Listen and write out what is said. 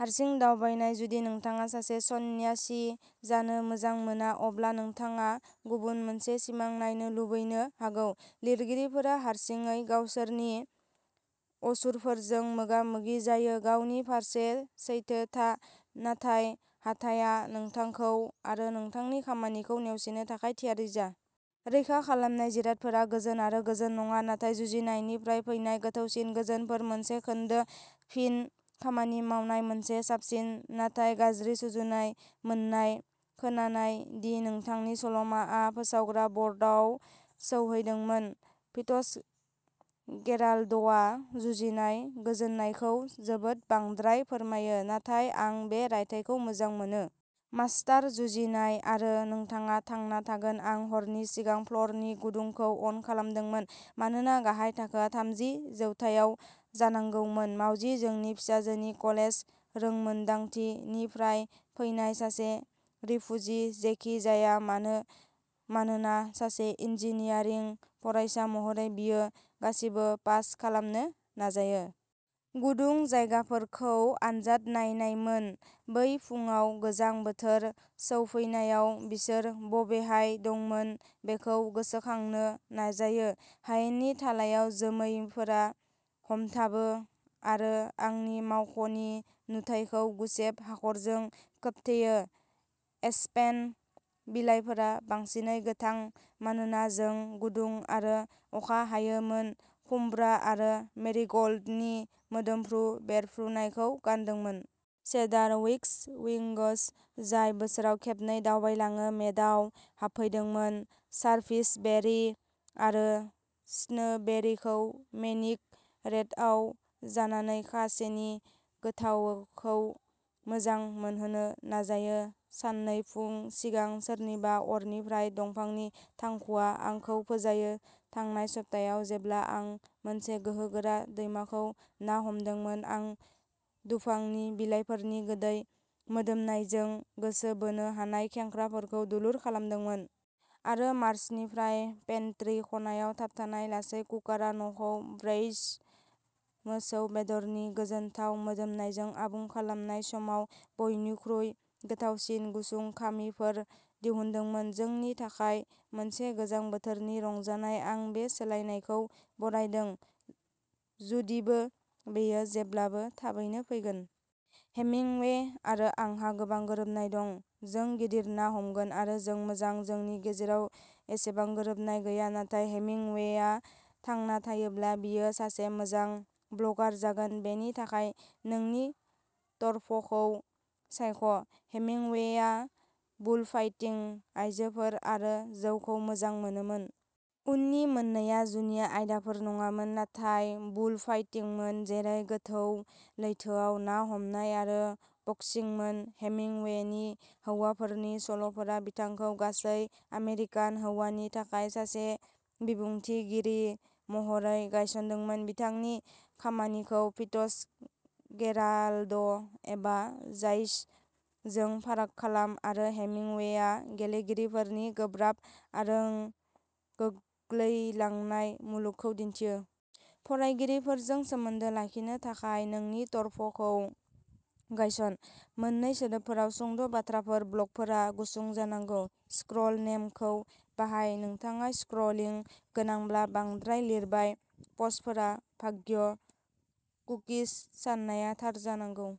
हारसिं दावबायनाय, जुदि नोंथाङा सासे सन्यासि जानो मोजां मोना, अब्ला नोंथाङा गुबुन मोनसे सिमां नायनो लुबैनो हागौ। लिरगिरिफोरा हारसिङै गावसोरनि असुरफोरजों मोगा-मोगि जायो। गावनि फारसे सैथो था, नाथाय हाथाइआ नोंथांखौ आरो नोंथांनि खामानिखौ नेवसिनो थाखाय थियारि जा। रैखा खालामनाय जिरादफोरा गोजोन आरो गोजोन नङा, नाथाय जुजिनायनिफ्राय फैनाय गोथौसिन गोजोनफोर। मोनसे खोन्दो फिन खामानि मावनाय मोनसे साबसिन नाथाय गाज्रि सुजुनाय मोन्नाय खोनानाय दि नोंथांनि सल'माआ फोसावग्रा बर्डआव सौहैदोंमोन। फिट्जगेराल्डआ जुजिनाय गोजोननायखौ जोबोद बांद्राय फोरमायो, नाथाय आं बे रायथाइखौ मोजां मोनो। मास्टार जुजिनाय आरो नोंथाङा थांना थागोन। आं हरनि सिगां फ्ल'रनि गुदुंखौ अन खालामदोंमोन मानोना गाहाय थाखोआ थामजि जौथाइयाव जानांगौमोन। मावजि, जोंनि फिसाजोनि कलेज रोंमोनदांथि निफ्राय फैनाय सासे रिफुजि जेखि जाया मानो, मानोना सासे इन्जिनियारिं फरायसा महरै, बियो गासिबो पास खालामनो नाजायो। गुदुं जायगाफोरखौ आनजाद नायनायमोन। बै फुंआव गोजां बोथोर सौफैनायाव बिसोर बबेहाय दंमोन बेखौ गोसोखांनो नाजायो। हायेननि थालायाव जोमैफोरा हमथाबो आरो आंनि मावख'नि नुथाइखौ गुसेब हाखरजों खोबथेयो। एस्पेन बिलाइफोरा बांसिनै गोथां मानोना जों गुदुं आरो अखा हायोमोन, खुमब्रा आरो मेरिग'ल्डनि मोदोमफ्रु बेरफ्रुनायखौ गानदोंमोन। सेडार वैक्सविंग्स, जाय बोसोराव खेबनै दावबायलाङो, मेदाव हाबफैदोंमोन, सारभिसबेरी आरो स्नोबेरीखौ मेनिक रेटआव जानानै, खासेनि गोथावखौ मोजां मोनहोनो नाजायो। साननै फुं सिगां, सोरनिबा अरनिफ्राय दंफांनि थांखुआ आंखौ फोजायो। थांनाय सप्तायाव जेब्ला आं मोनसे गोहोगोरा दैमाखौ ना हमदोंमोन, आं दुफांनि बिलाइफोरनि गोदै मोदोमनायजों गोसो बोनो हानाय खेंख्राफोरखौ दुलुर खालामदोंमोन। आरो मार्चनिफ्राय पेन्ट्री खनायाव थाबथानाय लासै कुकारा न'खौ ब्रेइज्ड मोसौ बेदरनि गोजोनथाव मोदोमनायजों आबुं खालामनाय समाव बयनिख्रुइ गोथावसिन गुसुं खामिफोर दिहुनदोंमोन। जोंनि थाखाय मोनसे गोजां बोथोरनि रंजानाय। आं बे सोलायनायखौ बरायदों, जुदिबो बेयो जेब्लाबो थाबैनो फैगोन। हेमिंवे आरो आंहा गोबां गोरोबनाय दं, जों गिदिर ना हमगोन। आरो जों मोजां, जोंनि गेजेराव एसेबां गोरोबनाय गैया। नाथाय हेमिंवेआ थांना थायोब्ला, बियो सासे मोजां ब्लगार जागोन। बेनि थाखाय नोंनि टर्फखौ सायख'। हेमिंवेआ बुलफाइटिं, आयजोफोर आरो जौखौ मोजां मोनोमोन। उननि मोन्नैआ जुनिया आयदाफोर नङामोन, नाथाय बुलफाइटिंमोन। जेरै गोथौ लैथोआव ना हमनाय आरो बक्सिंमोन। हेमिंवेनि हौवाफोरनि सल'फोरा बिथांखौ गासै आमेरिकान हौवानि थाखाय सासे बुंथिगिरि महरै गायसनदोंमोन। बिथांनि खामानिखौ फिट्जगेराल्ड एबा जायस जों फाराग खालाम, आरो हेमिंवेआ गेलेगिरिफोरनि गोब्राब आरों गोग्लैलांनाय मुलुगखौ दिन्थियो। फरायगिरिफोरजों सोमोन्दो लाखिनो थाखाय नोंनि टर्फखौ गायसन। मोननै सोदोबफोराव सुंद' बाथ्राफोर, ब्लगफोरा गुसुं जानांगौ। "स्क्रल नेम" खौ बाहाय। नोंथाङा स्क्रलिं गोनांब्ला बांद्राय लिरबाय। पस्टफोरा भाग्य कुकिस, साननाया थार जानांगौ।